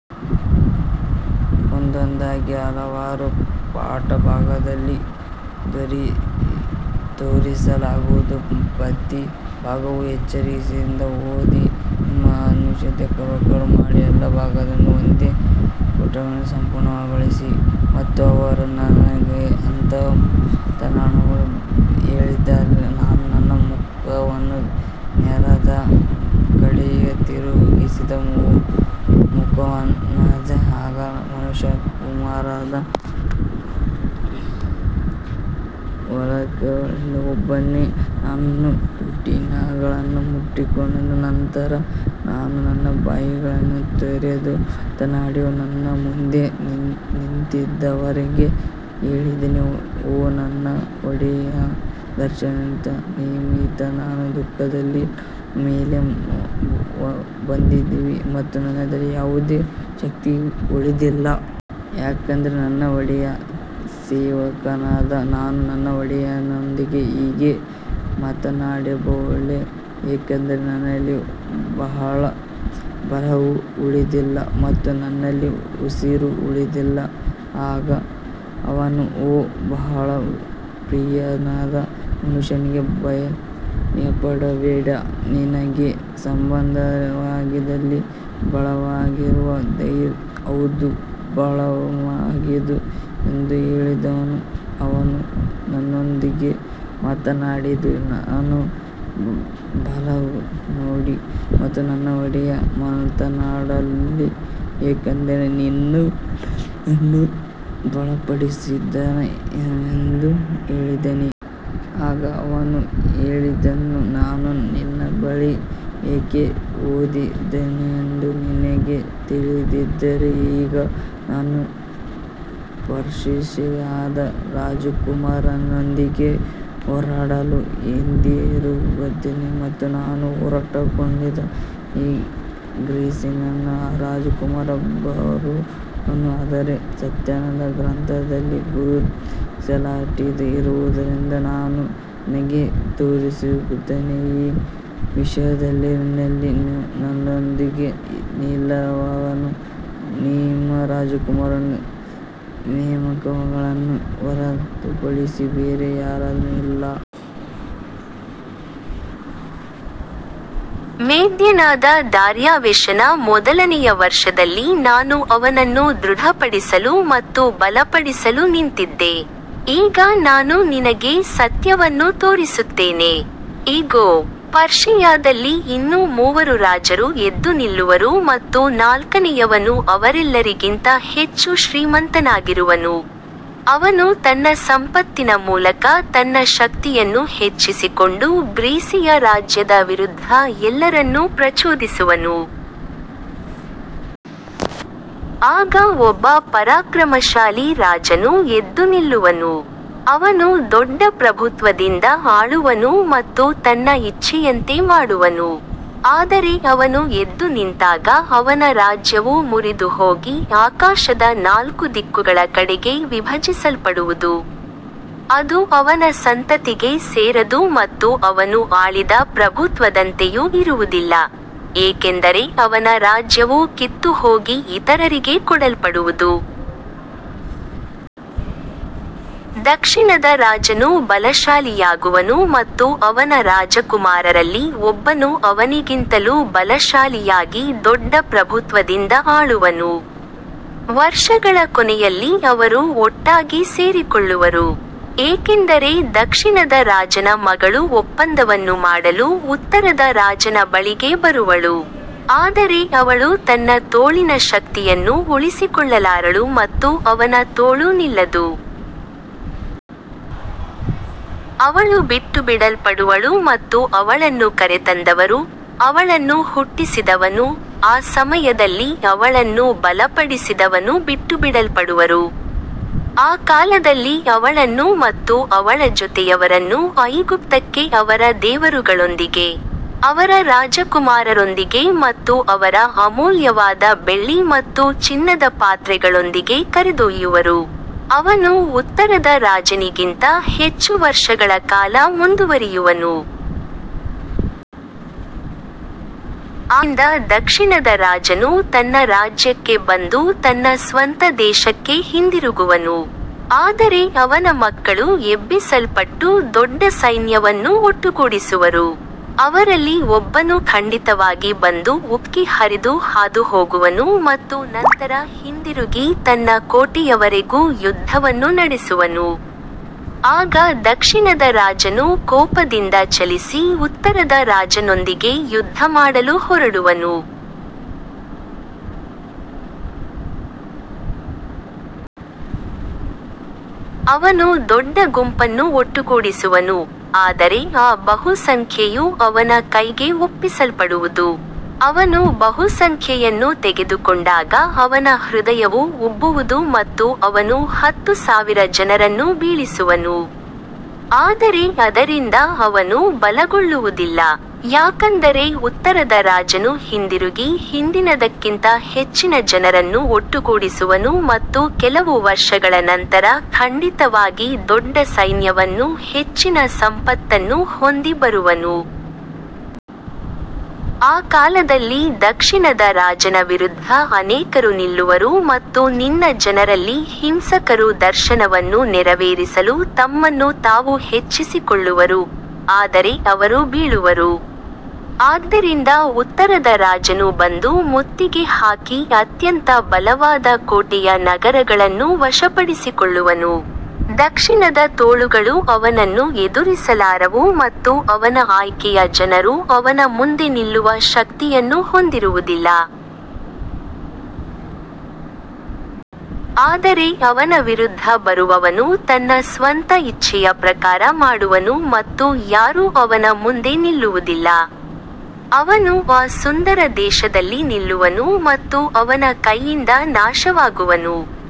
ಮತ್ತು ಅವನು ನನಗೆ ಅಂತಹ ಮಾತುಗಳನ್ನು ಹೇಳಿದಾಗ ನಾನು ನನ್ನ ಮುಖವನ್ನು ನೆಲದ ಕಡೆಗೆ ತಿರುಗಿಸಿ ಮೂಕನಾದೆ. ಆಗ ಮನುಷ್ಯಕುಮಾರನ ಹೋಲಿಕೆಯುಳ್ಳ ಒಬ್ಬನು ನನ್ನ ತುಟಿಗಳನ್ನು ಮುಟ್ಟಿದನು. ನಂತರ ನಾನು ನನ್ನ ಬಾಯಿಯನ್ನು ತೆರೆದು ಮಾತನಾಡಿ ನನ್ನ ಮುಂದೆ ನಿಂತಿದ್ದವನಿಗೆ ಹೇಳಿದೆ, ಓ ನನ್ನ ಒಡೆಯನೇ, ದರ್ಶನದ ನಿಮಿತ್ತ ನನ್ನ ದುಃಖಗಳು ನನ್ನ ಮೇಲೆ ಬಂದಿವೆ ಮತ್ತು ನನ್ನಲ್ಲಿ ಯಾವುದೇ ಶಕ್ತಿಯೂ ಉಳಿದಿಲ್ಲ. ಯಾಕಂದರೆ ನನ್ನ ಒಡೆಯನ ಸೇವಕನಾದ ನಾನು ನನ್ನ ಒಡೆಯನೊಂದಿಗೆ ಹೇಗೆ ಮಾತನಾಡಬಲ್ಲೆ, ಏಕೆಂದರೆ ನನ್ನಲ್ಲಿ ಬಲವು ಉಳಿದಿಲ್ಲ ಮತ್ತು ನನ್ನಲ್ಲಿ ಉಸಿರೂ ಉಳಿದಿಲ್ಲ. ಆಗ ಅವನು, ಓ ಬಹಳ ಪ್ರಿಯನಾದ ಮನುಷ್ಯನೇ, ಭಯಪಡಬೇಡ, ನಿನಗೆ ಸಮಾಧಾನವಾಗಲಿ, ಬಲವಾಗಿರು, ಹೌದು, ಬಲವಾಗಿರು ಎಂದು ಹೇಳಿದನು. ಅವನು ನನ್ನೊಂದಿಗೆ ಮಾತನಾಡಿದಾಗ ನಾನು ಬಲಗೊಂಡೆ ಮತ್ತು ನನ್ನ ಒಡೆಯನು ಮಾತನಾಡಲಿ, ಏಕೆಂದರೆ ನೀನು ನನ್ನನ್ನು ಬಲಪಡಿಸಿದ್ದೀಯ ಎಂದು ಹೇಳಿದೆ. ಆಗ ಅವನು ಹೇಳಿದನು, ನಾನು ನಿನ್ನ ಬಳಿಗೆ ಏಕೆ ಬಂದಿದ್ದೇನೆಂದು ನಿನಗೆ ತಿಳಿದಿದೆಯೇ. ಈಗ ನಾನು ಪರ್ಷಿಯಾದ ರಾಜಕುಮಾರನೊಂದಿಗೆ ಹೋರಾಡಲು ಹಿಂದಿರುಗುತ್ತೇನೆ ಮತ್ತು ನಾನು ಹೊರಟುಹೋದಾಗ ಗ್ರೀಸಿಯ ರಾಜಕುಮಾರನು ಬರುವನು. ಆದರೆ ಸತ್ಯದ ಗ್ರಂಥದಲ್ಲಿ ಗುರುತಿಸಲ್ಪಟ್ಟಿರುವುದನ್ನು ನಾನು ನಿನಗೆ ತೋರಿಸುತ್ತೇನೆ. ಈ ವಿಷಯಗಳಲ್ಲಿ ನನ್ನೊಂದಿಗೆ ನಿಲ್ಲುವವರು ನಿಮ್ಮ ರಾಜಕುಮಾರನಾದ ಮೈಕೆಲನನ್ನು ಹೊರತುಪಡಿಸಿ ಬೇರೆ ಯಾರೂ ಇಲ್ಲ. ಮೇದ್ಯನಾದ ದಾರ್ಯಾವೆಷನ ಮೊದಲನೆಯ ವರ್ಷದಲ್ಲಿ ನಾನು ಅವನನ್ನು ದೃಢಪಡಿಸಲು ಮತ್ತು ಬಲಪಡಿಸಲು ನಿಂತಿದ್ದೆ. ಈಗ ನಾನು ನಿನಗೆ ಸತ್ಯವನ್ನು ತೋರಿಸುತ್ತೇನೆ. ಇಗೋ, ಪರ್ಷಿಯಾದಲ್ಲಿ ಇನ್ನೂ ಮೂವರು ರಾಜರು ಎದ್ದು ನಿಲ್ಲುವರು ಮತ್ತು ನಾಲ್ಕನೆಯವನು ಅವರೆಲ್ಲರಿಗಿಂತ ಹೆಚ್ಚು ಶ್ರೀಮಂತನಾಗಿರುವನು. ಅವನು ತನ್ನ ಸಂಪತ್ತಿನ ಮೂಲಕ ತನ್ನ ಶಕ್ತಿಯನ್ನು ಹೆಚ್ಚಿಸಿಕೊಂಡು ಗ್ರೀಸಿಯ ರಾಜ್ಯದ ವಿರುದ್ಧ ಎಲ್ಲರನ್ನೂ ಪ್ರಚೋದಿಸುವನು. ಆಗ ಒಬ್ಬ ಪರಾಕ್ರಮಶಾಲಿ ರಾಜನು ಎದ್ದು ನಿಲ್ಲುವನು. ಅವನು ದೊಡ್ಡ ಪ್ರಭುತ್ವದಿಂದ ಆಳುವನು ಮತ್ತು ತನ್ನ ಇಚ್ಛೆಯಂತೆ ಮಾಡುವನು. ಆದರೆ ಅವನು ಎದ್ದು ನಿಂತಾಗ ಅವನ ರಾಜ್ಯವು ಮುರಿದುಹೋಗಿ ಆಕಾಶದ ನಾಲ್ಕು ದಿಕ್ಕುಗಳ ಕಡೆಗೆ ವಿಭಜಿಸಲ್ಪಡುವುದು. ಅದು ಅವನ ಸಂತತಿಗೆ ಸೇರದು ಮತ್ತು ಅವನು ಆಳಿದ ಪ್ರಭುತ್ವದಂತೆಯೂ ಇರುವುದಿಲ್ಲ, ಏಕೆಂದರೆ ಅವನ ರಾಜ್ಯವು ಕಿತ್ತುಹೋಗಿ ಇತರರಿಗೆ ಕೊಡಲ್ಪಡುವುದು. ದಕ್ಷಿಣದ ರಾಜನು ಬಲಶಾಲಿಯಾಗುವನು ಮತ್ತು ಅವನ ರಾಜಕುಮಾರರಲ್ಲಿ ಒಬ್ಬನು ಅವನಿಗಿಂತಲೂ ಬಲಶಾಲಿಯಾಗಿ ದೊಡ್ಡ ಪ್ರಭುತ್ವದಿಂದ ಆಳುವನು. ವರ್ಷಗಳ ಕೊನೆಯಲ್ಲಿ ಅವರು ಒಟ್ಟಾಗಿ ಸೇರಿಕೊಳ್ಳುವರು, ಏಕೆಂದರೆ ದಕ್ಷಿಣದ ರಾಜನ ಮಗಳು ಒಪ್ಪಂದವನ್ನು ಮಾಡಲು ಉತ್ತರದ ರಾಜನ ಬಳಿಗೆ ಬರುವಳು. ಆದರೆ ಅವಳು ತನ್ನ ತೋಳಿನ ಶಕ್ತಿಯನ್ನು ಉಳಿಸಿಕೊಳ್ಳಲಾರಳು ಮತ್ತು ಅವನ ತೋಳೂ ನಿಲ್ಲದು. ಅವಳು ಬಿಟ್ಟುಬಿಡಲ್ಪಡುವಳು ಮತ್ತು ಅವಳನ್ನು ಕರೆತಂದವರೂ, ಅವಳನ್ನು ಹುಟ್ಟಿಸಿದವನೂ, ಆ ಸಮಯದಲ್ಲಿ ಅವಳನ್ನು ಬಲಪಡಿಸಿದವನೂ ಬಿಟ್ಟುಬಿಡಲ್ಪಡುವರು. ಆ ಕಾಲದಲ್ಲಿ ಅವಳನ್ನು ಮತ್ತು ಅವಳ ಜೊತೆಯವರನ್ನು ಐಗುಪ್ತಕ್ಕೆ ಅವರ ದೇವರುಗಳೊಂದಿಗೆ, ಅವರ ರಾಜಕುಮಾರರೊಂದಿಗೆ ಮತ್ತು ಅವರ ಅಮೂಲ್ಯವಾದ ಬೆಳ್ಳಿ ಮತ್ತು ಚಿನ್ನದ ಪಾತ್ರೆಗಳೊಂದಿಗೆ ಕರೆದೊಯ್ಯುವರು. ಅವನು ಉತ್ತರದ ರಾಜನಿಗಿಂತ ಹೆಚ್ಚು ವರ್ಷಗಳ ಕಾಲ ಮುಂದುವರಿಯುವನು. ಆದ್ದರಿಂದ ದಕ್ಷಿಣದ ರಾಜನು ತನ್ನ ರಾಜ್ಯಕ್ಕೆ ಬಂದು ತನ್ನ ಸ್ವಂತ ದೇಶಕ್ಕೆ ಹಿಂದಿರುಗುವನು. ಆದರೆ ಅವನ ಮಕ್ಕಳು ಎಬ್ಬಿಸಲ್ಪಟ್ಟು ದೊಡ್ಡ ಸೈನ್ಯವನ್ನು ಒಟ್ಟುಗೂಡಿಸುವರು. ಅವರಲ್ಲಿ ಒಬ್ಬನು ಖಂಡಿತವಾಗಿ ಬಂದು ಉಕ್ಕಿ ಹರಿದು ಹಾದುಹೋಗುವನು ಮತ್ತು ನಂತರ ಹಿಂದಿರುಗಿ ತನ್ನ ಕೋಟೆಯವರೆಗೂ ಯುದ್ಧವನ್ನು ನಡೆಸುವನು. ಆಗ ದಕ್ಷಿಣದ ರಾಜನು ಕೋಪದಿಂದ ಚಲಿಸಿ ಉತ್ತರದ ರಾಜನೊಂದಿಗೆ ಯುದ್ಧಮಾಡಲು ಹೊರಡುವನು. ಅವನು ದೊಡ್ಡ ಗುಂಪನ್ನು ಒಟ್ಟುಗೂಡಿಸುವನು, ಆದರೆ ಆ ಬಹುಸಂಖ್ಯೆಯು ಅವನ ಕೈಗೆ ಒಪ್ಪಿಸಲ್ಪಡುವುದು. ಅವನು ಬಹುಸಂಖ್ಯೆಯನ್ನು ತೆಗೆದುಕೊಂಡಾಗ ಅವನ ಹೃದಯವು ಉಬ್ಬುವುದು ಮತ್ತು ಅವನು ಹತ್ತು ಸಾವಿರ ಜನರನ್ನು ಬೀಳಿಸುವನು, ಆದರೆ ಅದರಿಂದ ಅವನು ಬಲಗೊಳ್ಳುವುದಿಲ್ಲ. ಯಾಕಂದರೆ ಉತ್ತರದ ರಾಜನು ಹಿಂದಿರುಗಿ ಹಿಂದಿನದಕ್ಕಿಂತ ಹೆಚ್ಚಿನ ಜನರನ್ನು ಒಟ್ಟುಗೂಡಿಸುವನು ಮತ್ತು ಕೆಲವು ವರ್ಷಗಳ ನಂತರ ಖಂಡಿತವಾಗಿ ದೊಡ್ಡ ಸೈನ್ಯವನ್ನೂ ಹೆಚ್ಚಿನ ಸಂಪತ್ತನ್ನೂ ಹೊಂದಿ ಬರುವನು. ಆ ಕಾಲದಲ್ಲಿ ದಕ್ಷಿಣದ ರಾಜನ ವಿರುದ್ಧ ಅನೇಕರು ನಿಲ್ಲುವರು ಮತ್ತು ನಿನ್ನ ಜನರಲ್ಲಿ ಹಿಂಸಕರು ದರ್ಶನವನ್ನು ನೆರವೇರಿಸಲು ತಮ್ಮನ್ನು ತಾವು ಹೆಚ್ಚಿಸಿಕೊಳ್ಳುವರು, ಆದರೆ ಅವರು ಬೀಳುವರು. ಆದ್ದರಿಂದ ಉತ್ತರದ ರಾಜನು ಬಂದು ಮುತ್ತಿಗೆ ಹಾಕಿ ಅತ್ಯಂತ ಬಲವಾದ ಕೋಟೆಯ ನಗರಗಳನ್ನು ವಶಪಡಿಸಿಕೊಳ್ಳುವನು. ದಕ್ಷಿಣದ ತೋಳುಗಳು ಅವನನ್ನು ಎದುರಿಸಲಾರವು ಮತ್ತು ಅವನ ಆಯ್ಕೆಯ ಜನರೂ ಅವನ ಮುಂದೆ ನಿಲ್ಲುವ ಶಕ್ತಿಯನ್ನು ಹೊಂದಿರುವುದಿಲ್ಲ. ಆದರೆ ಅವನ ವಿರುದ್ಧ ಬರುವವನು ತನ್ನ ಸ್ವಂತ ಇಚ್ಛೆಯ ಪ್ರಕಾರ ಮಾಡುವನು ಮತ್ತು ಯಾರೂ ಅವನ ಮುಂದೆ ನಿಲ್ಲುವುದಿಲ್ಲ. ಅವನು ಆ ಸುಂದರ ದೇಶದಲ್ಲಿ ನಿಲ್ಲುವನು ಮತ್ತು ಅವನ ಕೈಯಿಂದ ನಾಶವಾಗುವನು.